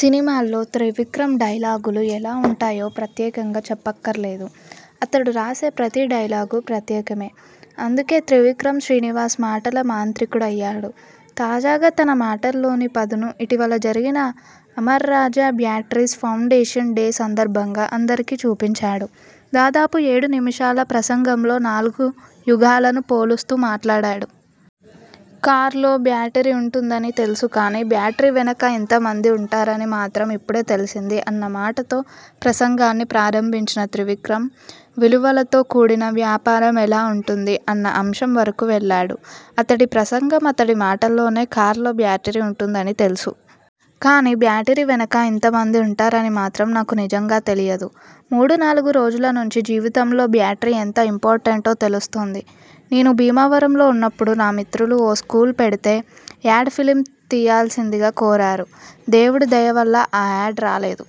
సినిమాల్లో త్రివిక్రమ్ డైలాగులు ఎలా ఉంటాయో ప్రత్యేకంగా చెప్పక్కర్లేదు. అతడు రాసే ప్రతి డైలాగూ ప్రత్యేకమే. అందుకే త్రివిక్రమ్ శ్రీనివాస్ మాటల మాంత్రికుడయ్యాడు. తాజాగా తన మాటల్లోని పదును ఇటీవల జరిగిన అమర్రాజా బ్యాటరీస్ ఫౌండేషన్ డే సందర్భంగా అందరికీ చూపించాడు. దాదాపు ఏడు నిముషాల ప్రసంగంలో నాలుగు యుగాలను పోలుస్తూ మాట్లాడాడు. 'కార్లో బ్యాటరీ ఉంటుందని తెలుసు కానీ, బ్యాటరీ వెనక ఇంత మంది ఉంటారని మాత్రం ఇప్పుడే తెలిసింది' అన్న మాటతో ప్రసంగాన్ని ప్రారంభించిన త్రివిక్రమ్.. విలువలతో కూడిన వ్యాపారం ఎలా ఉంటుంది? అన్న అంశం వరకు వెళ్లాడు. అతడి ప్రసంగం అతడి మాటల్లోనే. కార్లో బ్యాటరీ ఉంటుందని తెలుసు. కానీ, బ్యాటరీ వెనక ఇంతమంది ఉంటారని మాత్రం నాకు నిజంగా తెలియదు. మూడు, నాలుగు రోజుల నుంచి జీవితంలో బ్యాటరీ ఎంత ఇంపార్టెంటో తెలుస్తోంది. నేను భీమవరంలో ఉన్నప్పుడు నా మిత్రులు ఓ స్కూల్ పెడితే, యాడ్ ఫిల్మ్ తీయాల్సిందిగా కోరారు. దేవుడి దయ వల్ల ఆ యాడ్ రాలేదు.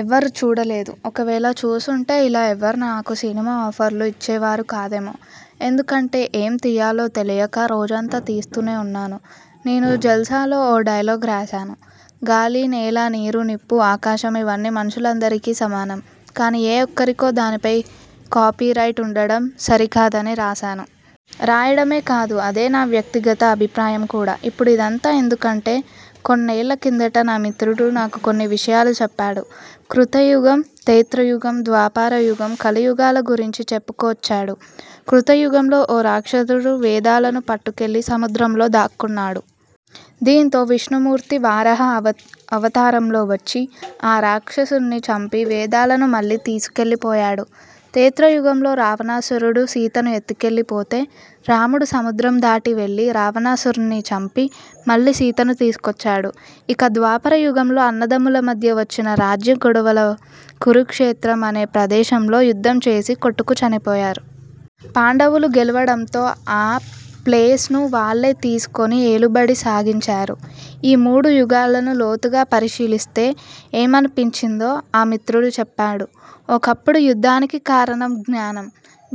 ఎవరూ చూడలేదు, ఒకవేళ చూసుంటే ఇలా ఎవరూ నాకు సినిమా ఆఫర్లు ఇచ్చే వారు కాదేమో. ఎందుకంటే, ఏం తీయాలో తెలియక రోజంతా తీస్తూనే ఉన్నాను. నేను జల్సాలో ఓ డైలాగ్ రాశాను. గాలి, నేల, నీరు, నిప్పు, ఆకాశం, ఇవన్నీ మనుషులందరికీ సమానం. కానీ, ఏ ఒక్కరికో దానిపై కాపీరైట్ ఉండడం సరికాదని రాశాను. రాయడమే కాదు, అదే నా వ్యక్తిగత అభిప్రాయం కూడా. ఇప్పుడు ఇదంతా ఎందుకంటే, కొన్నేళ కిందట నా మిత్రుడు నాకు కొన్ని విషయాలు చెప్పాడు. కృత యుగం, త్రేతా యుగం, ద్వాపర యుగం, కలియుగాల గురించి చెప్పుకొచ్చాడు. కృత యుగంలో ఓ రాక్షసుడు వేదాలను పట్టుకెళ్లి సముద్రంలో దాక్కున్నాడు. దీంతో విష్ణుమూర్తి వరాహ అవతారంలో వచ్చి, ఆ రాక్షసుడిని చంపి వేదాలను మళ్లీ తీసుకెళ్లి పోయాడు. త్రేతా యుగంలో రావణాసురుడు సీతను ఎత్తుకెళ్లి పోతే, రాముడు సముద్రం దాటి వెళ్లి రావణాసురుడిని చంపి మళ్లీ సీతను తీసుకొచ్చాడు. ఇక, ద్వాపర యుగంలో అన్నదమ్ముల మధ్య వచ్చిన రాజ్యం గొడవల్లో కురుక్షేత్రం అనే ప్రదేశంలో యుద్ధం చేసి కొట్టుకు చనిపోయారు. పాండవులు గెలవడంతో ఆ ప్లేస్ను వాళ్లే తీసుకుని ఏలుబడి సాగించారు. ఈ మూడు యుగాలను లోతుగా పరిశీలిస్తే ఏమనిపించిందో ఆ మిత్రుడు చెప్పాడు. ఒకప్పుడు యుద్ధానికి కారణం జ్ఞానం.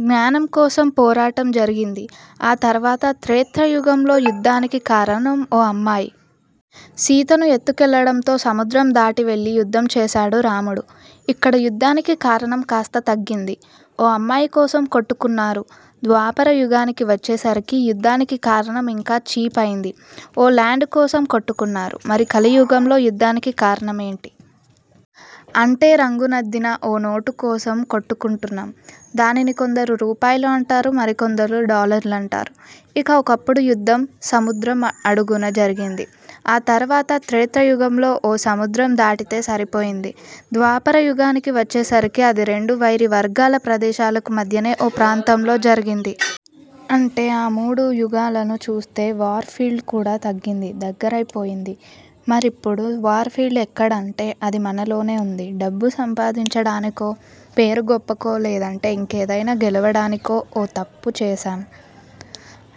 జ్ఞానం కోసం పోరాటం జరిగింది. ఆ తర్వాత త్రేతా యుగంలో యుద్ధానికి కారణం ఓ అమ్మాయి. సీతను ఎత్తు కెళ్లడంతో సముద్రం దాటి వెళ్లి యుద్ధం చేశాడు రాముడు. ఇక్కడ యుద్ధానికి కారణం కాస్త తగ్గింది. ఓ అమ్మాయి కోసం కొట్టుకున్నారు. ద్వాపర యుగానికి వచ్చేసరికి యుద్ధానికి కారణం ఇంకా చీప్ అయింది. ఓ ల్యాండ్ కోసం కొట్టుకున్నారు. మరి కలి యుగంలో యుద్ధానికి కారణమేంటి? అంటే రంగునద్దిన ఓ నోటు కోసం కొట్టుకుంటున్నాం. దానిని కొందరు రూపాయలు అంటారు. మరికొందరు డాలర్లు అంటారు. ఇక, ఒకప్పుడు యుద్ధం సముద్రం అడుగున జరిగింది. ఆ తర్వాత త్రేతా యుగంలో ఓ సముద్రం దాటితే సరిపోయింది. ద్వాపర యుగానికి వచ్చేసరికి, అది రెండు వైరి వర్గాల ప్రదేశాలకు మధ్యనే ఓ ప్రాంతంలో జరిగింది. అంటే, ఆ మూడు యుగాలను చూస్తే వార్ ఫీల్డ్ కూడా తగ్గింది. దగ్గరైపోయంది. మరిప్పుడు వార్ ఫీల్డ్ ఎక్కడంటే, అది మనలోనే ఉంది. డబ్బు సంపాదించడానికో, పేరు గొప్పకో, లేదంటే ఇంకేదైనా గెలవడానికో ఓ తప్పు చేస్తాం.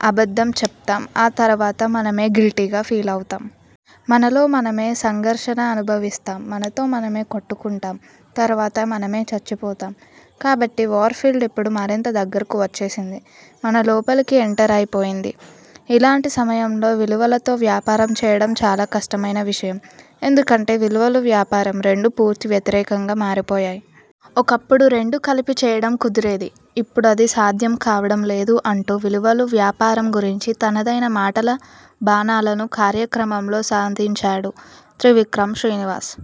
అబద్ధం చెప్తాం. ఆ తర్వాత మనమే గిల్టీగా ఫీలవుతాం. మనలో మనమే సంఘర్షణ అనుభవిస్తాం. మనతో మనమే కొట్టుకుంటాం. తర్వాత మనమే చచ్చిపోతాం. కాబట్టి వార్ ఫీల్డ్ ఇప్పుడు మరింత దగ్గరకు వచ్చేసింది. మన లోపలికి ఎంటరై పోయింది. ఇలాంటి సమయంలో విలువలతో వ్యాపారం చేయడం చాలా కష్టమైన విషయం. ఎందుకంటే విలవలు, వ్యాపారం రెండూ పూర్తి వ్యతిరేకంగా మారిపోయాయి. ఒకప్పుడు రెండూ కలిపి చేయడం కుదిరేది. ఇప్పుడది సాధ్యం కావడం లేదు అంటూ విలువలు, వ్యాపారం గురించి తనదైన మాటల బాణాలను కార్యక్రమంలో సంధించాడు త్రివిక్రమ్ శ్రీనివాస్.